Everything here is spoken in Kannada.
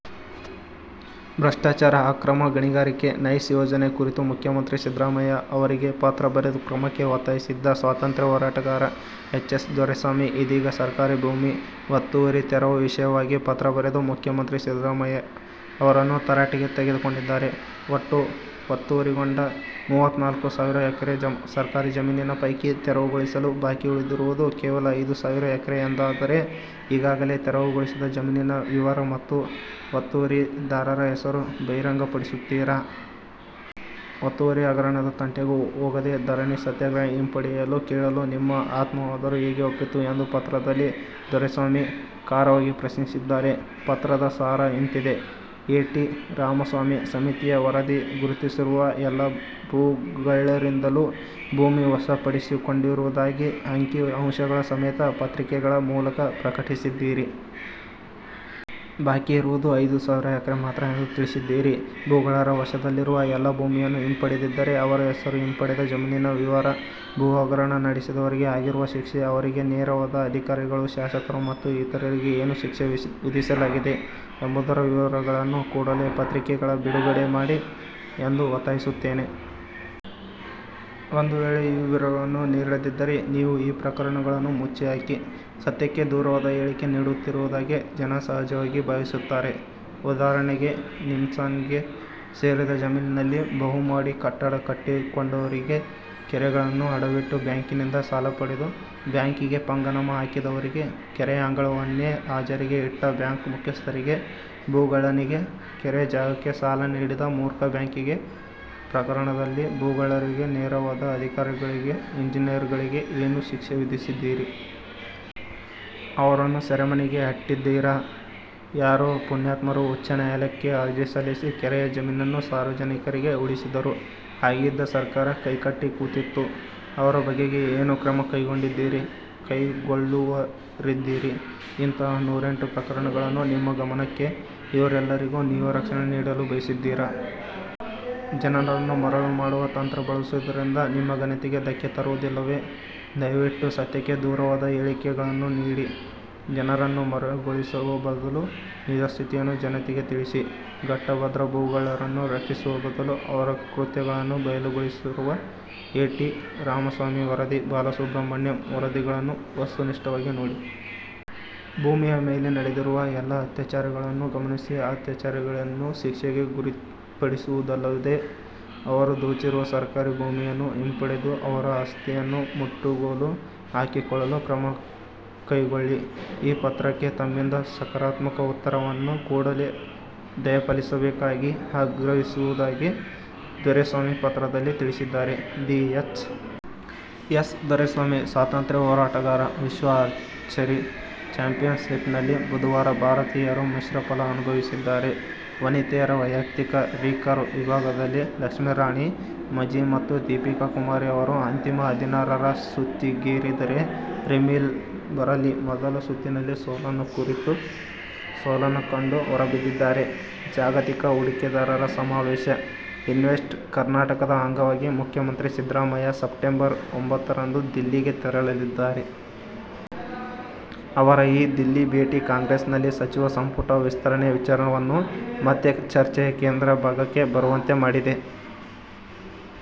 ಭ್ರಷ್ಟಾಚಾರ, ಅಕ್ರಮ ಗಣಿಗಾರಿಕೆ, ನೈಸ್ ಯೋಜನೆ ಕುರಿತು ಮುಖ್ಯಮಂತ್ರಿ ಸಿದ್ದರಾಮಯ್ಯ ಅವರಿಗೆ ಪತ್ರ ಬರೆದು ಕ್ರಮಕ್ಕೆ ಒತ್ತಾಯಿಸಿದ್ದ ಸ್ವಾತಂತ್ರ್ಯ ಹೋರಾಟಗಾರ ಎಚ್. ಎಸ್. ದೊರೆಸ್ವಾಮಿ, ಇದೀಗ ಸರ್ಕಾರಿ ಭೂಮಿ ಒತ್ತುವರಿ ತೆರವು ವಿಷಯವಾಗಿ ಪತ್ರ ಬರೆದು ಮುಖ್ಯಮಂತ್ರಿ ಸಿದ್ದರಾಮಯ್ಯ ಅವರನ್ನು ತರಾಟೆಗೆ ತೆಗೆದುಕೊಂಡಿದ್ದಾರೆ. ಒಟ್ಟು ಒತ್ತುವರಿಗೊಂಡ ಮೂವತ್ನಾಲ್ಕು ಸಾವಿರ ಎಕರೆ ಸರ್ಕಾರಿ ಜಮೀನಿನ ಪೈಕಿ ತೆರವುಗೊಳಿಸಲು ಬಾಕಿ ಉಳಿದಿರುವುದು ಕೇವಲ ಐದು ಸಾವಿರ ಎಕರೆ ಎಂದಾದರೆ, ಈಗಾಗಲೇ ತೆರವುಗೊಳಿಸಿದ ಜಮೀನಿನ ವಿವರ ಮತ್ತು ಒತ್ತುವರಿದಾರರ ಹೆಸರು ಬಹಿರಂಗಪಡಿಸುತ್ತೀರಾ? ಒತ್ತುವರಿ ಹಗರಣದ ತಂಟೆಗೂ ಹೋಗದೆ ಧರಣಿ ಸತ್ಯಾಗ್ರಹ ಹಿಂಪಡೆಯಲು ಕೇಳಲು ನಿಮ್ಮ ಆತ್ಮವಾದರೂ ಹೇಗೆ ಒಪ್ಪಿತು ಎಂದು ಪತ್ರದಲ್ಲಿ ದೊರೆಸ್ವಾಮಿ ಖಾರವಾಗಿ ಪ್ರಶ್ನಿಸಿದ್ದಾರೆ. ಪತ್ರದ ಸಾರ ಇಂತಿದೆ: ಎ. ಟಿ. ರಾಮಸ್ವಾಮಿ ಸಮಿತಿಯ ವರದಿ ಗುರುತಿಸಿರುವ ಎಲ್ಲ ಭೂಗಳ್ಳರಿಂದಲೂ ಭೂಮಿ ವಶಪಡಿಸಿಕೊಂಡಿರುವುದಾಗಿ ಅಂಕಿ-ಅಂಶಗಳ ಸಮೇತ ಪತ್ರಿಕೆಗಳ ಮೂಲಕ ಪ್ರಕಟಿಸಿದ್ದೀರಿ. ಬಾಕಿ ಇರುವುದು ಐದು ಸಾವಿರ ಎಕರೆ ಮಾತ್ರ ಎಂದು ತಿಳಿಸಿದ್ದೀರಿ. ಭೂಗಳ್ಳರ ವಶದಲ್ಲಿರುವ ಎಲ್ಲ ಭೂಮಿಯನ್ನೂ ಹಿಂಪಡೆದಿದ್ದರೆ ಅವರ ಹೆಸರು, ಹಿಂಪಡೆದ ಜಮೀನಿನ ವಿವರ, ಭೂಹಗರಣ ನಡೆಸಿದವರಿಗೆ ಆಗಿರುವ ಶಿಕ್ಷೆ, ಅವರಿಗೆ ನೆರವಾದ ಅಧಿಕಾರಿಗಳು, ಶಾಸಕರು ಮತ್ತು ಇತರರಿಗೆ ಏನು ಶಿಕ್ಷೆ ವಿಧಿಸಲಾಗಿದೆ ಎಂಬುದರ ವಿವರಗಳನ್ನು ಕೂಡಲೆ ಪತ್ರಿಕೆಗಳಿಗೆ ಬಿಡುಗಡೆ ಮಾಡಿ ಎಂದು ಒತ್ತಾಯಿಸುತ್ತೇನೆ. ಒಂದು ವೇಳೆ ಈ ವಿವರಗಳನ್ನು ನೀಡದಿದ್ದರೆ ನೀವು ಈ ಪ್ರಕರಣಗಳನ್ನು ಮುಚ್ಚಿ ಹಾಕಿ, ಸತ್ಯಕ್ಕೆ ದೂರವಾದ ಹೇಳಿಕೆ ನೀಡುತ್ತಿರುವುದಾಗಿ ಜನ ಸಹಜವಾಗಿ ಭಾವಿಸುತ್ತಾರೆ. ಉದಾಹರಣೆಗೆ, ನಿಮ್ಹಾನ್ಸ್ಗೆ ಸೇರಿದ ಜಮೀನಿನಲ್ಲಿ ಬಹುಮಹಡಿ ಕಟ್ಟಡ ಕಟ್ಟಿಕೊಂಡವರಿಗೆ, ಕೆರೆಗಳನ್ನು ಅಡವಿಟ್ಟು ಬ್ಯಾಂಕಿನಿಂದ ಸಾಲಪಡೆದು, ಬ್ಯಾಂಕಿಗೆ ಪಂಗನಾಮ ಹಾಕಿದವರಿಗೆ, ಕೆರೆ ಅಂಗಳವನ್ನೇ ಹರಾಜಿಗೆ ಇಟ್ಟ ಬ್ಯಾಂಕ್ ಮುಖ್ಯಸ್ಥರಿಗೆ, ಭೂಗಳ್ಳನಿಗೆ, ಕೆರೆ ಜಾಗಕ್ಕೆ ಸಾಲ ನೀಡಿದ ಮೂರ್ಖ ಬ್ಯಾಂಕಿಗೆ, ಪ್ರಕರಣದಲ್ಲಿ ಭೂಗಳ್ಳರಿಗೆ ನೆರವಾದ ಅಧಿಕಾರಿಗಳಿಗೆ, ಇಂಜಿನಿಯರ್ಗಳಿಗೆ ಏನು ಶಿಕ್ಷೆ ವಿಧಿಸಿದ್ದೀರಿ? ಅವರನ್ನು ಸೆರೆಮನೆಗೆ ಅಟ್ಟಿದ್ದೀರಾ? ಯಾರೋ ಪುಣ್ಯಾತ್ಮರು ಉಚ್ಚ ನ್ಯಾಯಾಲಯಕ್ಕೆ ಅರ್ಜಿ ಸಲ್ಲಿಸಿ, ಕೆರೆಯ ಜಮೀನನ್ನು ಸಾರ್ವಜನಿಕರಿಗೆ ಉಳಿಸಿದರು. ಆಗಿದ್ದ ಸರ್ಕಾರ ಕೈಕಟ್ಟಿ ಕೂತಿತ್ತು. ಅವರ ಬಗೆಗೆ ಏನು ಕ್ರಮ ಕೈಗೊಂಡಿದ್ದೀರಿ? ಕೈಗೊಳ್ಳುವವರಿದ್ದೀರಿ? ಇಂತಹ ನೂರೆಂಟು ಪ್ರಕರಣಗಳನ್ನು ನಿಮ್ಮ ಗಮನಕ್ಕೆ, ಇವರೆಲ್ಲರಿಗೂ ನೀವು ರಕ್ಷಣೆ ನೀಡಲು ಬಯಸಿದ್ದೀರಾ? ಜನರನ್ನು ಮರುಳು ಮಾಡುವ ತಂತ್ರ ಬಳಸುವುದರಿಂದ ನಿಮ್ಮ ಘನತೆಗೆ ಧಕ್ಕೆ ತರುವುದಿಲ್ಲವೇ? ದಯವಿಟ್ಟು ಸತ್ಯಕ್ಕೆ ದೂರವಾದ ಹೇಳಿಕೆ ಗಳನ್ನು ನೀಡಿ ಜನರನ್ನು ಮರುಳುಗೊಳಿಸುವ ಬದಲು, ನಿಜಸ್ಥಿತಿಯನ್ನು ಜನತೆಗೆ ತಿಳಿಸಿ. ಪಟ್ಟಭದ್ರ ಭೂಗಳ್ಳರನ್ನು ರಕ್ಷಿಸುವ ಬದಲು, ಅವರ ಕೃತ್ಯಗಳನ್ನು ಬಯಲುಗೊಳಿಸಿರುವ ಎ. ಟಿ. ರಾಮಸ್ವಾಮಿ ವರದಿ, ಬಾಲಸುಬ್ರಹ್ಮಣ್ಯಂ ವರದಿಗಳನ್ನು ವಸ್ತುನಿಷ್ಠವಾಗಿ ನೋಡಿ. ಭೂಮಿಯ ಮೇಲೆ ನಡೆದಿರುವ ಎಲ್ಲ ಅತ್ಯಾಚಾರಗಳನ್ನೂ ಗಮನಿಸಿ ಆ ಅತ್ಯಾಚಾರಿಗಳನ್ನು ಶಿಕ್ಷೆಗೆ ಗುರಿಪಡಿಸುವುದಲ್ಲದೆ, ಅವರು ದೋಚಿರುವ ಸರ್ಕಾರಿ ಭೂಮಿಯನ್ನು ಹಿಂಪಡೆದು ಅವರ ಆಸ್ತಿಯನ್ನು ಮುಟ್ಟುಗೋಲು ಹಾಕಿಕೊಳ್ಳಲು ಕ್ರಮಕೈಗೊಳ್ಳಿ. ಈ ಪತ್ರಕ್ಕೆ ತಮ್ಮಿಂದ ಸಕಾರಾತ್ಮಕ ಉತ್ತರವನ್ನು ಕೂಡಲೇ ದಯಪಾಲಿಸಬೇಕಾಗಿ ಆಗ್ರಹಿಸುವುದಾಗಿ ದೊರೆಸ್ವಾಮಿ ಪತ್ರದಲ್ಲಿ ತಿಳಿಸಿದ್ದಾರೆ. ಧಿ- ಎಚ್. ಎಸ್. ದೊರೆಸ್ವಾಮಿ ಸ್ವಾತಂತ್ರ್ಯ ಹೋರಾಟಗಾರ ವಿಶ್ವ ಆರ್ಚರಿ ಚಾಂಪಿಯನ್ಶಿಪ್ನಲ್ಲಿ ಬುಧವಾರ ಭಾರತೀಯರು ಮಿಶ್ರಫಲ ಅನುಭವಿಸಿದ್ದಾರೆ. ವನಿತೆಯರ ವೈಯಕ್ತಿಕ ರಿಕರ್ವ್ ವಿಭಾಗದಲ್ಲಿ ಲಕ್ಷ್ಮೀರಾಣಿ ಮಜ್ಹಿ ಮತ್ತು ದೀಪಿಕಾ ಕುಮಾರಿ ಅವರು ಅಂತಿಮ ಹದಿನಾರರ ಸುತ್ತಿಗೇರಿದರೆ ರಿಮಿಲ್ ಬರೀಲಿ ಮೊದಲ ಸುತ್ತಿನಲ್ಲಿ ಸೋಲನ್ನು ಕಂಡು ಹೊರಬಿದ್ದಿದ್ದಾರೆ. ಜಾಗತಿಕ ಹೂಡಿಕೆದಾರರ ಸಮಾವೇಶ ಇನ್ವೆಸ್ಟ್ ಕರ್ನಾಟಕದ ಅಂಗವಾಗಿ ಮುಖ್ಯಮಂತ್ರಿ ಸಿದ್ದರಾಮಯ್ಯ ಸೆಪ್ಟಂಬರ್ ಒಂಬತ್ತರಂದು ದಿಲ್ಲಿಗೆ ತೆರಳಲಿದ್ದಾರೆ. ಅವರ ಈ ದಿಲ್ಲಿ ಭೇಟಿ ಕಾಂಗ್ರೆಸ್ನಲ್ಲಿ ಸಚಿವ ಸಂಪುಟ ವಿಸ್ತರಣೆ ವಿಚಾರವನ್ನು ಮತ್ತೆ ಚರ್ಚೆಯ ಕೇಂದ್ರ ಭಾಗಕ್ಕೆ ಬರುವಂತೆ ಮಾಡಿದೆ.